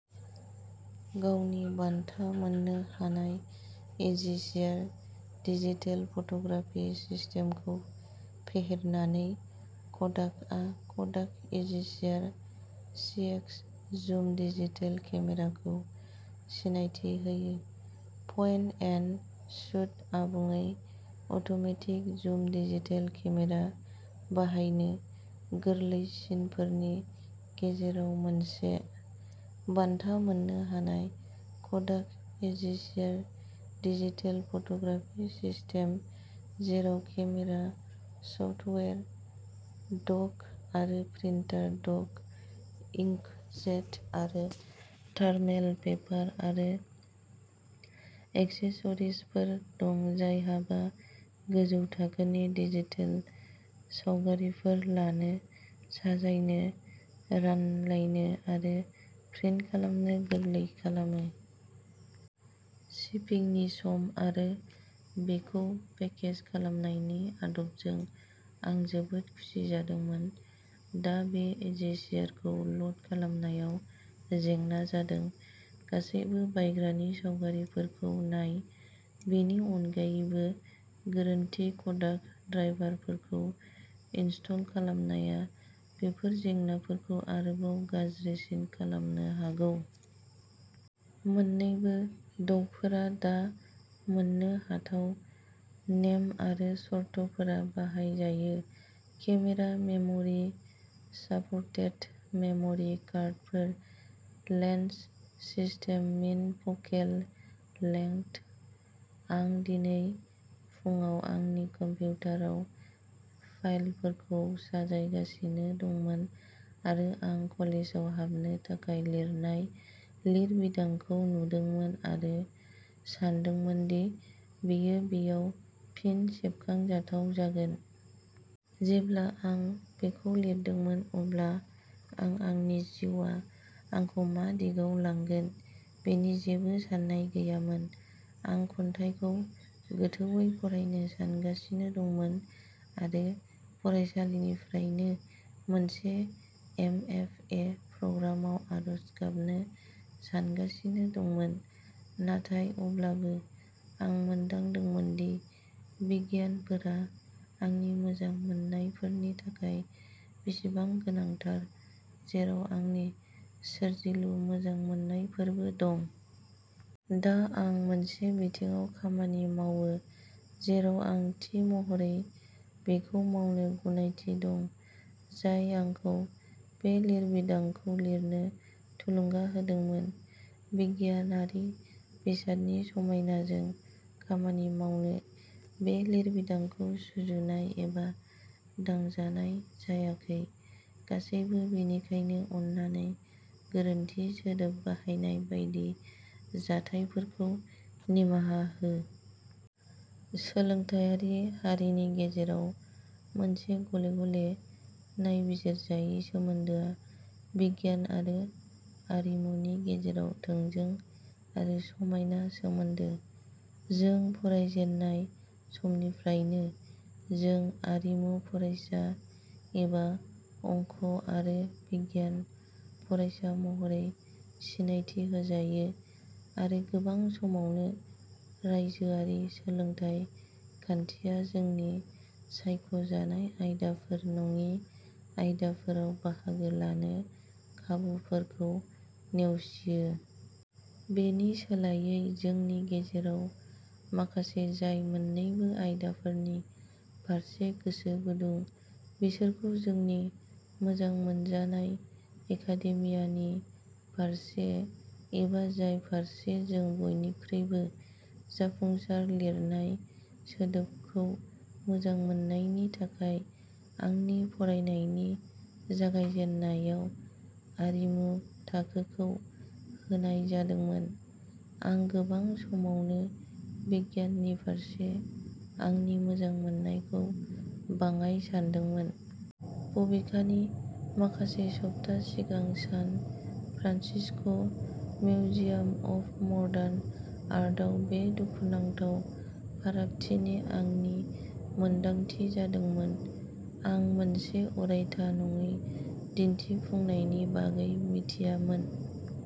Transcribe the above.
गावनि बान्था मोन्नो हानाय इजिशेयार डिजिटेल फट'ग्राफि सिस्टेमखौ फेहेरनानै, क'डाकआ क'डाक इजिशेयार सीएक्स जुम डिजिटेल केमेराखौ सिनायथि होयो पइन्ट एन्ड शुट, आबुङै अट'मेटिक जुम डिजिटेल केमेरा बाहायनो गोरलैसिनफोरनि गेजेराव मोनसे। बान्था मोन्नो हानाय Kodak EasyShare digital photography system जेराव केमेरा, सफ्टवेयार, डक आरो प्रिन्टार डक, इंकजेट आरो थार्मेल पेपार आरो एक्सेसरिजफोर दं जायहाबा गोजौ थाखोनि डिजिटेल सावगारिफोर लानो, साजायनो, रानलायनो आरो प्रिन्ट खालामनो गोरलै खालामो। शिपिंनि सम आरो बेखौ पेकेज खालामनायनि आदबजों आं जोबोद खुसि जादोंमोन। दा बे इजिशेयारखौ ल'ड खालामनायाव जेंना जादों। गासैबो बायग्रानि सावगारिफोरखौ नाय। बेनि अनगायैबो, गोरोन्थि क'डाक ड्राइभारफोरखौ इनस्टल खालामनाया बेफोर जेंनाफोरखौ आरोबाव गाज्रिसिन खालामनो हागौ। मोन्नैबो डकफोरा दा मोननो हाथाव। नेम आरो सर्तफोरा बाहायजायो। केमेरा मेम'रि साप'र्टेड मेम'रि कार्डफोर। Lens system min focal length. आं दिनै फुंआव आंनि कम्पिउटाराव फाइलफोरखौ साजायगासिनो दंमोन आरो आं कलेजाव हाबनो थाखाय लिरनाय लिरबिदांखौ नुदोंमोन, आरो सानदोंमोन दि बेयो बेयाव फिन सेबखांजाथाव जागोन। जेब्ला आं बेखौ लिरदोंमोन, अब्ला आं आंनि जिउआ आंखौ मा दिगाव लांगोन बेनि जेबो सान्नाय गैयामोन आं खन्थाइखौ गोथौवै फरायनो सानगासिनो दंमोन आरो फरायसालिनिफ्रायनो मोनसे एमएफए प्रग्रामाव आर'ज गाबनो सानगासिनो दंमोन। नाथाय अब्लाबो आं मोनदांदोंमोन दि बिगियानफोरा आंनि मोजांमोननायफोरनि थाखाय बेसेबां गोनांथार, जेराव आंनि सोरजिलु मोजांमोननायफोरबो दं। दा आं मोनसे बिथिङाव खामानि मावो जेराव आं थि महरै बेखौ मावनो गनायथि दं जाय आंखौ बे लिरबिदांखौ लिरनो थुलुंगा होदोंमोन बिगियानारि बेसादनि समायनाजों खामानि मावनो। बे लिरबिदांखौ सुजुनाय एबा दांजानाय जायाखै। गासैबो, बेनिखायनो अन्नानै गोरोन्थि सोदोब बाहायनाय बायदि जाथायफोरखौ निमाहा हो। सोलोंथायारि हारिनि गेजेराव मोनसे गले गले नायबिजिरजायै सोमोन्दोआ बिगियान आरो आरिमुनि गेजेराव थोंजों आरो समायना सोमोन्दो। जों फरायजेननाय समनिफ्रायनो, जों "आरिमु" फरायसा एबा "अंक' आरो बिगियान" फरायसा महरै सिनायथि होजायो, आरो गोबां समावनो रायजोआरि सोलोंथाय खान्थिया जोंनि सायख'जानाय आयदाफोर नङि आयदाफोराव बाहागो लानो खाबुफोरखौ नेवसियो। बेनि सोलायै, जोंनि गेजेराव माखासे जाय मोन्नैबो आयदाफोरनि फारसे गोसो गुदुं, बिसोरखौ जोंनि "मोजां मोनजानाय" एकाडेमियानि फारसे, एबा जाय फारसे जों बयनिख्रुइबो जाफुंसार लिरनाय सोदोबखौ मोजां मोननायनि थाखाय आंनि फरायनायनि जागायजेन्नायाव "आरिमु" थाखोखौ होनाय जादोंमोन, आं गोबां समावनो बिगियाननि फारसे आंनि मोजां मोननायखौ बाङाइ सान्दोंमोन। बबेखानि, माखासे सप्ता सिगां San Francisco' Museum of Modern आर्टआव बे दुखुनांथाव फारागथिनि आंनि मोनदांथि जादोंमोन। आं मोनसे अरायथा नङै दिन्थिफुंनायनि बागै मिथियामोन।